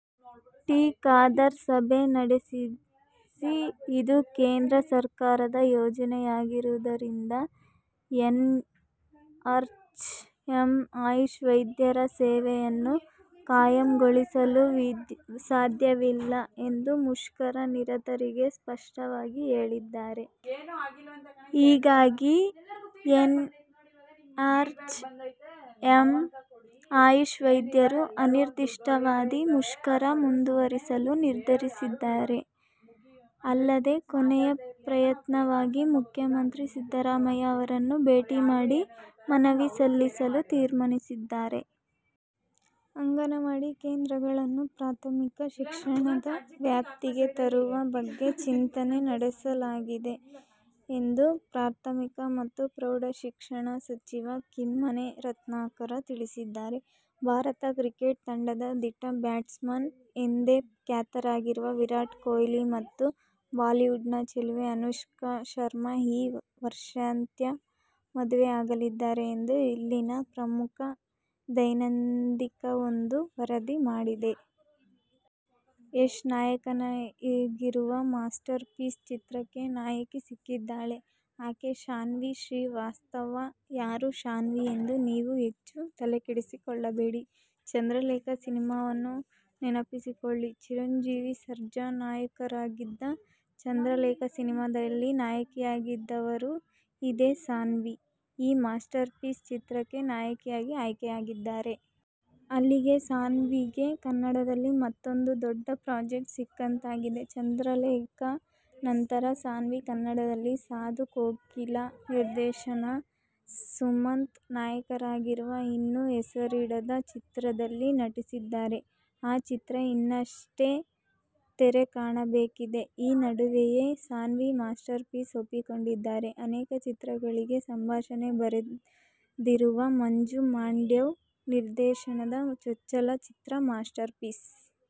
T. Khader ಸಭೆ ನಡೆಸಿ, ಇದು ಕೇಂದ್ರ ಸರ್ಕಾರದ ಯೋಜನೆಯಾಗಿರುವುದರಿಂದ ಎನ್ಆರ್ಎಚ್ಎಂ ಆಯುಷ್ ವೈದ್ಯರ ಸೇವೆಯನ್ನು ಕಾಯಂಗೊಳಿಸಲು ಸಾಧ್ಯವಿಲ್ಲ ಎಂದು ಮುಷ್ಕರ ನಿರತರಿಗೆ ಸ್ಪಷ್ಟವಾಗಿ ಹೇಳಿದ್ದಾರೆ. ಹೀಗಾಗಿ ಎನ್ಆರ್ಎಚ್ಎಂ ಆಯುಷ್ ವೈದ್ಯರು ಅನಿರ್ದಿಷ್ಟಾವಧಿ ಮುಷ್ಕರ ಮುಂದುವರಿಸಲು ನಿರ್ಧರಿಸಿದ್ದಾರೆ. ಅಲ್ಲದೆ, ಕೊನೆಯ ಪ್ರಯತ್ನವಾಗಿ ಮುಖ್ಯಮಂತ್ರಿ ಸಿದ್ದರಾಮಯ್ಯ ಅವರನ್ನು ಭೇಟಿ ಮಾಡಿ ಮನವಿ ಸಲ್ಲಿಸಲು ತೀರ್ಮಾನಿಸಿದ್ದಾರೆ. ಅಂಗನವಾಡಿ ಕೇಂದ್ರಗಳನ್ನು ಪ್ರಾಥಮಿಕ ಶಿಕ್ಷಣದ ವ್ಯಾಪ್ತಿಗೆ ತರುವ ಬಗ್ಗೆ ಚಿಂತನೆ ನಡೆಸಲಾಗಿದೆ ಎಂದು ಪ್ರಾಥಮಿಕ ಮತ್ತು ಪ್ರೌಢ ಶಿಕ್ಷಣ ಸಚಿವ ಕಿಮ್ಮನೆ ರತ್ನಾಕರ ತಿಳಿಸಿದ್ದಾರೆ. ಭಾರತ ಕ್ರಿಕೆಟ್ ತಂಡದ ದಿಟ್ಟ ಬ್ಯಾಟ್ಸ್ಮನ್ ಎಂದೇ ಖ್ಯಾತರಾಗಿರುವ ವಿರಾಟ್ ಕೊಹ್ಲಿ ಮತ್ತು ಬಾಲಿವುಡ್ನ ಚೆಲುವೆ ಅನುಷ್ಕಾ ಶರ್ಮಾ ಈ ವರ್ಷಾಂತ್ಯ ಮದುವೆ ಆಗಲಿದ್ದಾರೆ ಎಂದು ಇಲ್ಲಿನ ಪ್ರಮುಖ ದೈನಿಕವೊಂದು ವರದಿ ಮಾಡಿದೆ. ಯಶ್ ನಾಯಕರಾಗಿರುವ "ಮಾಸ್ಟರ್ ಪೀಸ್' ಚಿತ್ರಕ್ಕೆ ನಾಯಕಿ ಸಿಕ್ಕಿದ್ದಾಳೆ. ಆಕೆ ಸಾನ್ವಿ ಶ್ರೀವಾಸ್ತವ. ಯಾರು ಸಾನ್ವಿ ಎಂದು ನೀವು ಹೆಚ್ಚು ತಲೆಕೆಡಿಸಿಕೊಳ್ಳಬೇಡಿ. "ಚಂದ್ರಲೇಖಾ' ಸಿನಿಮಾವನ್ನು ನೆನಪಿಸಿಕೊಳ್ಳಿ. ಚಿರಂಜೀವಿ ಸರ್ಜಾ ನಾಯಕರಾಗಿದ್ದ "ಚಂದ್ರಲೇಖಾ' ಸಿನಿಮಾದಲ್ಲಿ ನಾಯಕಿಯಾಗಿದ್ದವರು ಇದೇ ಸಾನ್ವಿ. ಈಗ "ಮಾಸ್ಟರ್ ಪೀಸ್' ಚಿತ್ರಕ್ಕೆ ನಾಯಕಿಯಾಗಿ ಆಯ್ಕೆಯಾಗಿದ್ದಾರೆ. ಅಲ್ಲಿಗೆ ಸಾನ್ವಿಗೆ ಕನ್ನಡದಲ್ಲಿ ಮತ್ತೂಂದು ದೊಡ್ಡ ಪ್ರಾಜೆಕ್ಟ್ ಸಿಕ್ಕಂತಾಗಿದೆ. "ಚಂದ್ರಲೇಖಾ' ನಂತರ ಸಾನ್ವಿ ಕನ್ನಡದಲ್ಲಿ ಸಾಧು ಕೋಕಿಲ ನಿರ್ದೇಶನದ, ಸುಮಂತ್ ನಾಯಕರಾಗಿರುವ ಇನ್ನೂ ಹೆಸರಿಡದ ಚಿತ್ರದಲ್ಲಿ ನಟಿಸಿದ್ದಾರೆ. ಆ ಚಿತ್ರ ಇನ್ನಷ್ಟೇ ತೆರೆಕಾಣಬೇಕಿದೆ. ಈ ನಡುವೆಯೇ ಸಾನ್ವಿ "ಮಾಸ್ಟರ್ ಪೀಸ್' ಒಪ್ಪಿಕೊಂಡಿದ್ದಾರೆ. ಅನೇಕ ಚಿತ್ರಗಳಿಗೆ ಸಂಭಾಷಣೆ ಬರೆದಿರುವ ಮಂಜು ಮಾಂಡವ್ಯ ನಿರ್ದೇಶನದ ಚೊಚ್ಚಲ ಚಿತ್ರ "ಮಾಸ್ಟರ್ ಪೀಸ್'.